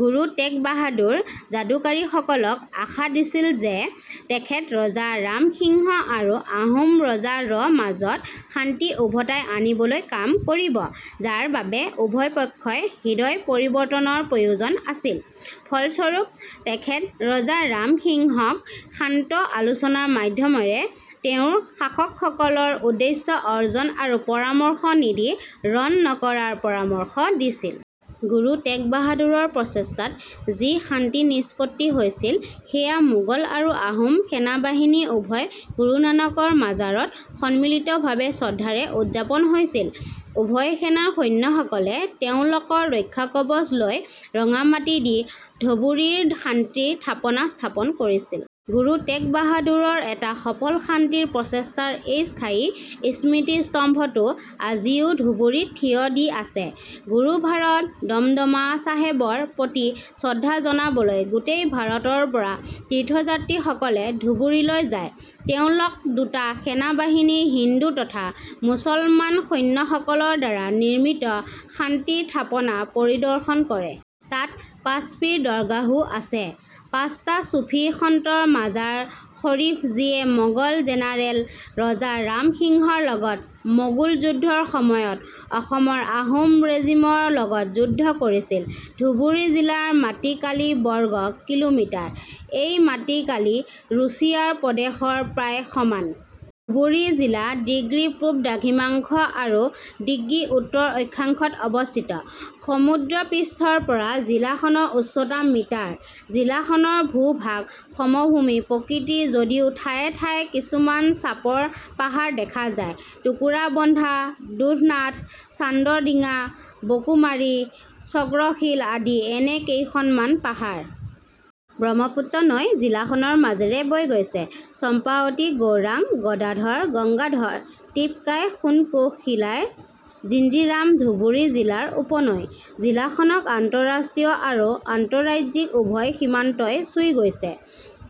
গুৰু টেগ বাহাদুৰ যাদুকাৰীসকলক আশা দিছিল যে তেখেত ৰজা ৰাম সিংহ আৰু আহোম ৰজাৰ মাজত শান্তি ওভতাই আনিবলৈ কাম কৰিব। যাৰ বাবে উভয় পক্ষই হৃদয় পৰিবৰ্তনৰ প্ৰয়োজন আছিল। ফলস্বৰূপে, তেখেত ৰজা ৰাম সিংহক শান্তি আলোচনাৰ মাধ্যমৰে তেওঁৰ শাসকসকলৰ উদ্দেশ্য অৰ্জন আৰু পৰামৰ্শ নিদি ৰণ নকৰাৰ পৰামৰ্শ দিছিল। গুৰু টেগ বাহাদুৰৰ প্ৰচেষ্টাত যি শান্তি নিষ্পত্তি হৈছিল সেয়া মোগল আৰু আহোম সেনাবাহিনী উভয় গুৰু নানকৰ মাজাৰত সম্মিলিতভাবে শ্ৰদ্ধাৰে উৎযাপন হৈছিল। উভয় সেনাৰ সৈন্যসকলে তেওঁলকৰ ৰক্ষাকবজ লৈ ৰঙা মাটি দি ধবুৰীৰ শান্তিৰ থাপনা স্থাপন কৰিছিল। গুৰু টেগ বাহাদুৰৰ এটা সফল শান্তিৰ প্ৰচেষ্টাৰ এই স্থায়ী স্মৃতিস্তম্ভটো আজিও ধুবুৰীত থিয় দি আছে। গুৰুভাৰত দমদমা চাহেবৰ প্ৰতি শ্ৰদ্ধা জনাবলৈ গোটেই ভাৰতৰ পৰা তীৰ্থযাত্ৰীসকলে ধুবুৰীলৈ যায়। তেওঁলক দুটা সেনাবাহিনীৰ হিন্দু তথা মুছলমান সৈন্যসকলৰ দ্বাৰা নিৰ্মিত শান্তিৰ থাপনা পৰিদৰ্শন কৰে। তাত পাঁচপীৰ দৰগাহও আছে, পাঁচটা চুফী সন্তৰ মাজাৰ শৰীফ যিয়ে মগল জেনাৰেল ৰজা ৰাম সিংহৰ লগত মগোল যুদ্ধৰ সময়ত অসমৰ আহোম ৰেজিমৰ লগত যুদ্ধ কৰিছিল। ধুবুৰী জিলাৰ মাটি কালি বৰ্গ কিঃমিঃ। এই মাটি কালি ৰুচিয়াৰ প্ৰদেশৰ প্ৰায় সমান। ধুবুৰী জিলা - ডিগ্ৰী পূব দ্ৰাঘিমাংশ আৰু - ডিগ্ৰী উত্তৰ অক্ষাংশত অৱস্থিত। সমুদ্ৰ পৃষ্ঠৰ পৰা জিলাখনৰ উচ্চতা মিটাৰ। জিলাখনৰ ভূভাগ সমভূমি প্ৰকৃতিৰ যদিও ঠায়ে ঠায়ে কিছুমান চাপৰ পাহাৰ দেখা যায়। টোকোৰাবন্ধা, দুধনাথ, চান্দৰ দিঙা, বৌকুমাৰী, চক্ৰশীল আদি এনে কেইখনমান পাহাৰ। ব্ৰহ্মপুত্ৰ নৈ জিলাখনৰ মাজেৰে বৈ গৈছে। চম্পাৱতী, গৌৰাং, গদাধৰ, গংগাধৰ, টিপকাই, সোণকোষ, শিলাই, জিঞ্জিৰাম ধুবুৰী জিলাৰ উপনৈ। জিলাখনক আন্তঃৰাষ্ট্ৰীয় আৰু আন্তঃৰাজ্যিক উভয় সীমান্তই চুই গৈছে।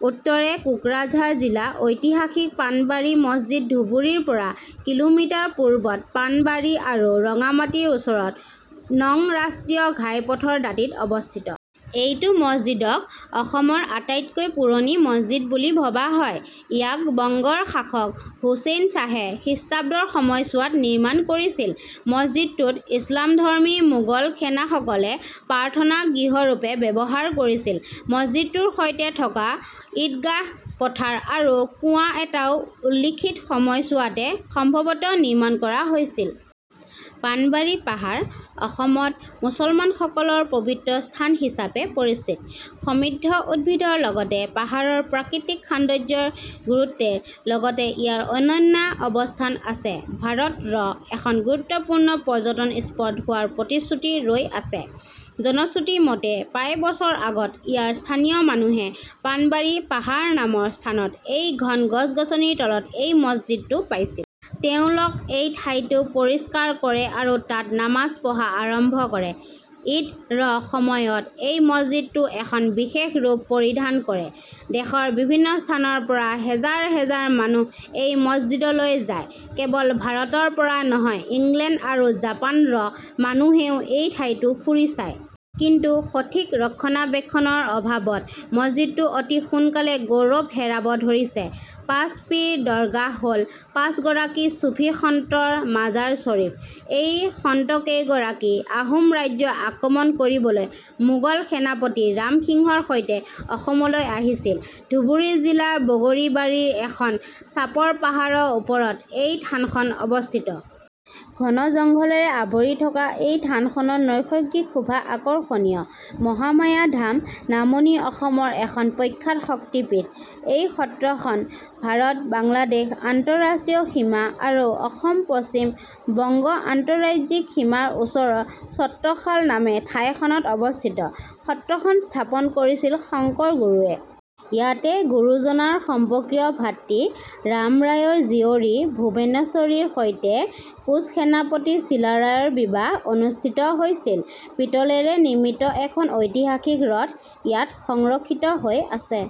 উত্তৰে কোকৰাঝাৰ জিলা ঐতিহাসিক পাণবাৰী মছজিদ ধুবুৰীৰ পৰা কিঃমিঃ পূবত পাণবাৰী আৰু ৰঙামাটিৰ ওচৰত, নং ৰাষ্ট্ৰীয় ঘাইপথৰ দাঁতিত অৱস্থিত। এইটো মছজিদক অসমৰ আটাইতকৈ পুৰণি মছজিদ বুলি ভবা হয়। ইয়াক বংগৰ শাসক হুচেইন শ্বাহে খৃষ্টাব্দৰ সময়চোৱাত নিৰ্মাণ কৰিছিল। মছজিদটোক ইচলামধৰ্মী মোগল সেনাসকলে প্ৰাৰ্থনা-গৃহৰূপে ব্যৱহাৰ কৰিছিল। মছজিদটোৰ সৈতে থকা ইদগাহ পথাৰ আৰু কুঁৱা এটাও উল্লিখিত সময়চোৱাতে সম্ভৱতঃ নিৰ্মাণ কৰা হৈছিল। পাণবাৰী "পাহাৰ", অসমত মুছলমান সকলৰ পবিত্ৰ স্থান হিচাপে পৰিচিত। সমৃদ্ধ উদ্ভিদৰ লগতে পাহাৰৰ প্ৰাকৃতিক সৌন্দৰ্যৰ গুৰুত্বেৰ লগতে ইয়াৰ অনন্য অৱস্থান আছে, ভাৰত ৰ এখন গুৰুত্বপূৰ্ণ পৰ্যটন স্পট হোৱাৰ প্ৰতিশ্ৰুতি ৰৈ আছে। জনশ্ৰুতি মতে, প্ৰায় বছৰ আগত ইয়াৰ স্থানীয় মানুহে পাণবাৰী "পাহাৰ" নামৰ স্থানত এই ঘন গছ-গছনিৰ তলত এই মছজিদটো পাইছিল। তেওঁলক এই ঠাইটো পৰিষ্কাৰ কৰে আৰু তাত নামাজ পঢ়া আৰম্ভ কৰে। ' ঈদ '-ৰ সময়ত এই মছজিদটো এখন বিশেষ ৰূপ পৰিধান কৰে। দেশৰ বিভিন্ন স্থানৰ পৰা হেজাৰ হেজাৰ মানুহ এই মছজিদলৈ যায়। কেৱল ভাৰতৰ পৰা নহয়, ইংলেণ্ড আৰু জাপান ৰ মানুহেও এই ঠাইটো ফুৰি চায়। কিন্তু সঠিক ৰক্ষণাবেক্ষণৰ অভাবত মছজিদটো অতি সোনকালে গৌৰৱ হেৰাব ধৰিছে। পাঁচ পীৰ দৰগাহ হ'ল পাঁচগৰাকী চুফী সন্তৰ মাজাৰ চৰিফ। এই সন্তকেইগৰাকী আহোম ৰাজ্য আক্ৰমণ কৰিবলৈ মোগল সেনাপতি ৰামসিংহৰ সৈতে অসমলৈ আহিছিল। ধুবুৰী জিলাৰ বগৰীবাৰীৰ এখন চাপৰ পাহাৰৰ ওপৰত এই থানখন অৱস্থিত। ঘন জংঘলেৰে আৱৰি থকা এই থানখনৰ নৈসৰ্গিক শোভা আকৰ্ষণীয়। মহামায়া ধাম নামনি অসমৰ এখন প্ৰখ্যাত শক্তিপীঠ। এই সত্ৰখন ভাৰত-বাংলাদেশ আন্তঃৰাষ্ট্ৰীয় সীমা আৰু অসম-পশ্চিম বংগ আন্তঃৰাজ্যিক সীমাৰ ওচৰৰ ছত্ৰশাল নামে ঠাইখনত অৱস্থিত। সত্ৰখন স্থাপন কৰিছিল শংকৰ গুৰুৱে। ইয়াতে গুৰুজনাৰ সম্পৰ্কীয় ভাতৃ ৰামৰায়ৰ জীয়ৰী ভুৱনেশ্বৰীৰ সৈতে কোঁচ সেনাপতি চিলাৰায়ৰ বিবাহ অনুষ্ঠিত হৈছিল। পিতলেৰে নিৰ্মিত এখন ঐতিহাসিক ৰথ ইয়াত সংৰক্ষিত হৈ আছে।